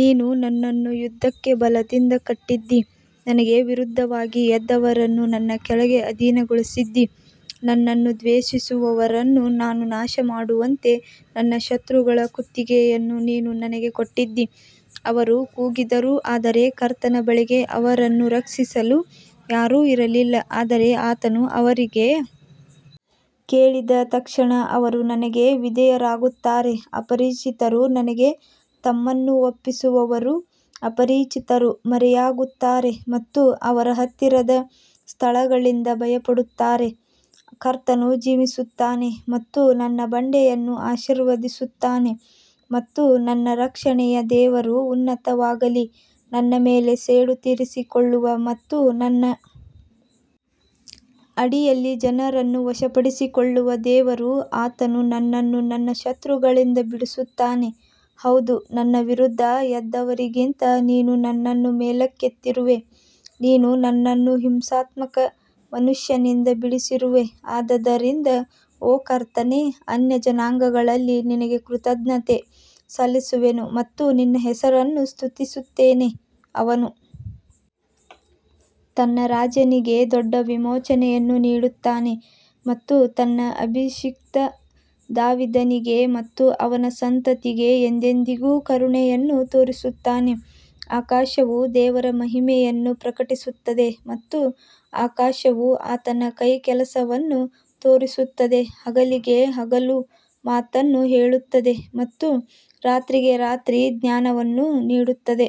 ನೀನು ನನ್ನನ್ನು ಯುದ್ಧಕ್ಕೆ ಬಲದಿಂದ ಕಟ್ಟಿದ್ದೀ, ನನಗೆ ವಿರುದ್ಧವಾಗಿ ಎದ್ದವರನ್ನು ನನ್ನ ಕೆಳಗೆ ಅಧೀನಗೊಳಿಸಿದ್ದೀ ನನ್ನನ್ನು ದ್ವೇಷಿಸುವವರನ್ನು ನಾನು ನಾಶಮಾಡುವಂತೆ ನನ್ನ ಶತ್ರುಗಳ ಕುತ್ತಿಗೆಯನ್ನೂ ನೀನು ನನಗೆ ಕೊಟ್ಟಿದ್ದೀ ಅವರು ಕೂಗಿದರು ಆದರೆ ಕರ್ತನ ಬಳಿಗೆ ಅವರನ್ನು ರಕ್ಷಿಸಲು ಯಾರೂ ಇರಲಿಲ್ಲ ಆದರೆ ಆತನು ಅವರಿಗೆ ಕೇಳಿದ ತಕ್ಷಣ ಅವರು ನನಗೆ ವಿಧೇಯರಾಗುತ್ತಾರೆ ಅಪರಿಚಿತರು ನನಗೆ ತಮ್ಮನ್ನು ಒಪ್ಪಿಸುವರು ಅಪರಿಚಿತರು ಮರೆಯಾಗುತ್ತಾರೆ ಮತ್ತು ಅವರ ಹತ್ತಿರದ ಸ್ಥಳಗಳಿಂದ ಭಯಪಡುತ್ತಾರೆ ಕರ್ತನು ಜೀವಿಸುತ್ತಾನೆ ಮತ್ತು ನನ್ನ ಬಂಡೆಯನ್ನು ಆಶೀರ್ವದಿಸುತ್ತಾನೆ ಮತ್ತು ನನ್ನ ರಕ್ಷಣೆಯ ದೇವರು ಉನ್ನತವಾಗಲಿ ನನ್ನ ಮೇಲೆ ಸೇಡು ತೀರಿಸಿಕೊಳ್ಳುವ ಮತ್ತು ನನ್ನ ಅಡಿಯಲ್ಲಿ ಜನರನ್ನು ವಶಪಡಿಸಿಕೊಳ್ಳುವ ದೇವರು ಆತನು ನನ್ನನ್ನು ನನ್ನ ಶತ್ರುಗಳಿಂದ ಬಿಡಿಸುತ್ತಾನೆ, ಹೌದು ನನ್ನ ವಿರುದ್ಧ ಎದ್ದವರಿಗಿಂತ ನೀನು ನನ್ನನ್ನು ಮೇಲಕ್ಕೆತ್ತಿರುವೆ, ನೀನು ನನ್ನನ್ನು ಹಿಂಸಾತ್ಮಕ ಮನುಷ್ಯನಿಂದ ಬಿಡಿಸಿರುವೆ ಆದದರಿಂದ ಓ ಕರ್ತನೇ ಅನ್ಯಜನಾಂಗಗಳಲ್ಲಿ ನಿನಗೆ ಕೃತಜ್ಞತೆ ಸಲ್ಲಿಸುವೆನು ಮತ್ತು ನಿನ್ನ ಹೆಸರನ್ನು ಸ್ತುತಿಸುತ್ತೇನೆ ಅವನು ತನ್ನ ರಾಜನಿಗೆ ದೊಡ್ಡ ವಿಮೋಚನೆಯನ್ನು ನೀಡುತ್ತಾನೆ ಮತ್ತು ತನ್ನ ಅಭಿಷಿಕ್ತ ದಾವೀದನಿಗೆ ಮತ್ತು ಅವನ ಸಂತತಿಗೆ ಎಂದೆಂದಿಗೂ ಕರುಣೆಯನ್ನು ತೋರಿಸುತ್ತಾನೆ ಆಕಾಶವು ದೇವರ ಮಹಿಮೆಯನ್ನು ಪ್ರಕಟಿಸುತ್ತದೆ ಮತ್ತು ಆಕಾಶವು ಆತನ ಕೈಕೆಲಸವನ್ನು ತೋರಿಸುತ್ತದೆ ಹಗಲಿಗೆ ಹಗಲು ಮಾತನ್ನು ಹೇಳುತ್ತದೆ ಮತ್ತು ರಾತ್ರಿಗೆ ರಾತ್ರಿ ಜ್ಞಾನವನ್ನು ನೀಡುತ್ತದೆ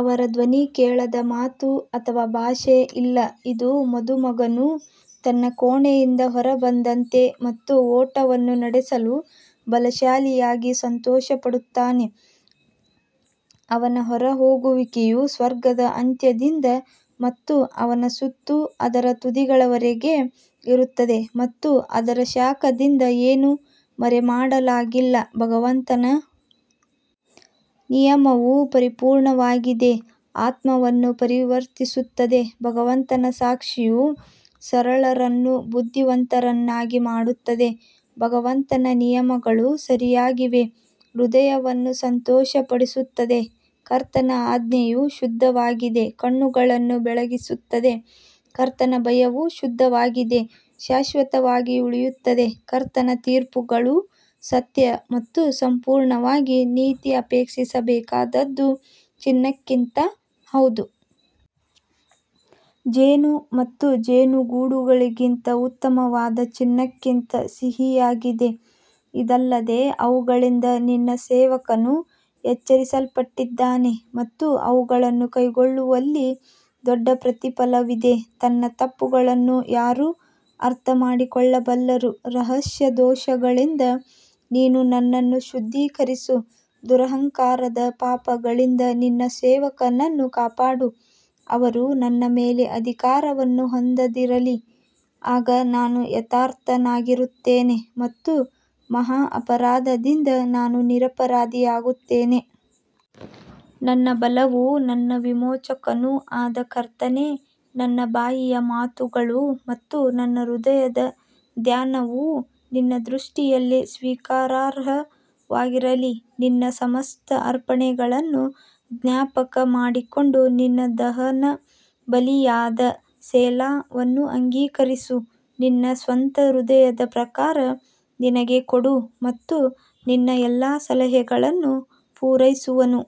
ಅವರ ಧ್ವನಿ ಕೇಳದ ಮಾತು ಅಥವಾ ಭಾಷೆ ಇಲ್ಲ ಇದು ಮದುಮಗನು ತನ್ನ ಕೋಣೆಯಿಂದ ಹೊರಬಂದಂತೆ ಮತ್ತು ಓಟವನ್ನು ನಡೆಸಲು ಬಲಶಾಲಿಯಾಗಿ ಸಂತೋಷಪಡುತ್ತಾನೆ ಅವನ ಹೊರಹೋಗುವಿಕೆಯು ಸ್ವರ್ಗದ ಅಂತ್ಯದಿಂದ ಮತ್ತು ಅವನ ಸುತ್ತು ಅದರ ತುದಿಗಳವರೆಗೆ ಇರುತ್ತದೆ ಮತ್ತು ಅದರ ಶಾಖದಿಂದ ಏನೂ ಮರೆಮಾಡಲಾಗಿಲ್ಲ ಭಗವಂತನ ನಿಯಮವು ಪರಿಪೂರ್ಣವಾಗಿದೆ ಆತ್ಮವನ್ನು ಪರಿವರ್ತಿಸುತ್ತದೆ, ಭಗವಂತನ ಸಾಕ್ಷಿಯು ಸರಳರನ್ನು ಬುದ್ಧಿವಂತರನ್ನಾಗಿ ಮಾಡುತ್ತದೆ ಭಗವಂತನ ನಿಯಮಗಳು ಸರಿಯಾಗಿವೆ ಹೃದಯವನ್ನು ಸಂತೋಷಪಡಿಸುತ್ತದೆ ಕರ್ತನ ಆಜ್ಞೆಯು ಶುದ್ಧವಾಗಿದೆ ಕಣ್ಣುಗಳನ್ನು ಬೆಳಗಿಸುತ್ತದೆ ಕರ್ತನ ಭಯವು ಶುದ್ಧವಾಗಿದೆ ಶಾಶ್ವತವಾಗಿ ಉಳಿಯುತ್ತದೆ ಕರ್ತನ ತೀರ್ಪುಗಳು ಸತ್ಯ ಮತ್ತು ಸಂಪೂರ್ಣವಾಗಿ ನೀತಿ ಅಪೇಕ್ಷಿಸಬೇಕಾದದ್ದು ಚಿನ್ನಕ್ಕಿಂತ ಹೌದು, ಜೇನು ಮತ್ತು ಜೇನುಗೂಡುಗಳಿಗಿಂತ ಉತ್ತಮವಾದ ಚಿನ್ನಕ್ಕಿಂತ ಸಿಹಿಯಾಗಿದೆ ಇದಲ್ಲದೆ ಅವುಗಳಿಂದ ನಿನ್ನ ಸೇವಕನು ಎಚ್ಚರಿಸಲ್ಪಟ್ಟಿದ್ದಾನೆ ಮತ್ತು ಅವುಗಳನ್ನು ಕೈಕೊಳ್ಳುವಲ್ಲಿ ದೊಡ್ಡ ಪ್ರತಿಫಲವಿದೆ ತನ್ನ ತಪ್ಪುಗಳನ್ನು ಯಾರು ಅರ್ಥಮಾಡಿಕೊಳ್ಳಬಲ್ಲರು, ರಹಸ್ಯ ದೋಷಗಳಿಂದ ನೀನು ನನ್ನನ್ನು ಶುದ್ಧೀಕರಿಸು ದುರಹಂಕಾರದ ಪಾಪಗಳಿಂದ ನಿನ್ನ ಸೇವಕನನ್ನು ಕಾಪಾಡು, ಅವರು ನನ್ನ ಮೇಲೆ ಅಧಿಕಾರವನ್ನು ಹೊಂದದಿರಲಿ, ಆಗ ನಾನು ಯಥಾರ್ಥನಾಗಿರುತ್ತೇನೆ ಮತ್ತು ಮಹಾ ಅಪರಾಧದಿಂದ ನಾನು ನಿರಪರಾಧಿಯಾಗುತ್ತೇನೆ. ನನ್ನ ಬಲವೂ ನನ್ನ ವಿಮೋಚಕನೂ ಆದ ಕರ್ತನೇ, ನನ್ನ ಬಾಯಿಯ ಮಾತುಗಳು ಮತ್ತು ನನ್ನ ಹೃದಯದ ಧ್ಯಾನವು ನಿನ್ನ ದೃಷ್ಟಿಯಲ್ಲಿ ಸ್ವೀಕಾರಾರ್ಹವಾಗಿರಲಿ ನಿನ್ನ ಸಮಸ್ತ ಅರ್ಪಣೆಗಳನ್ನು ಜ್ಞಾಪಕಮಾಡಿಕೊಂಡು ನಿನ್ನ ದಹನಬಲಿಯಾದ ಸೆಲಾವನ್ನು ಅಂಗೀಕರಿಸು ನಿನ್ನ ಸ್ವಂತ ಹೃದಯದ ಪ್ರಕಾರ ನಿನಗೆ ಕೊಡು ಮತ್ತು ನಿನ್ನ ಎಲ್ಲಾ ಸಲಹೆಗಳನ್ನು ಪೂರೈಸುವನು.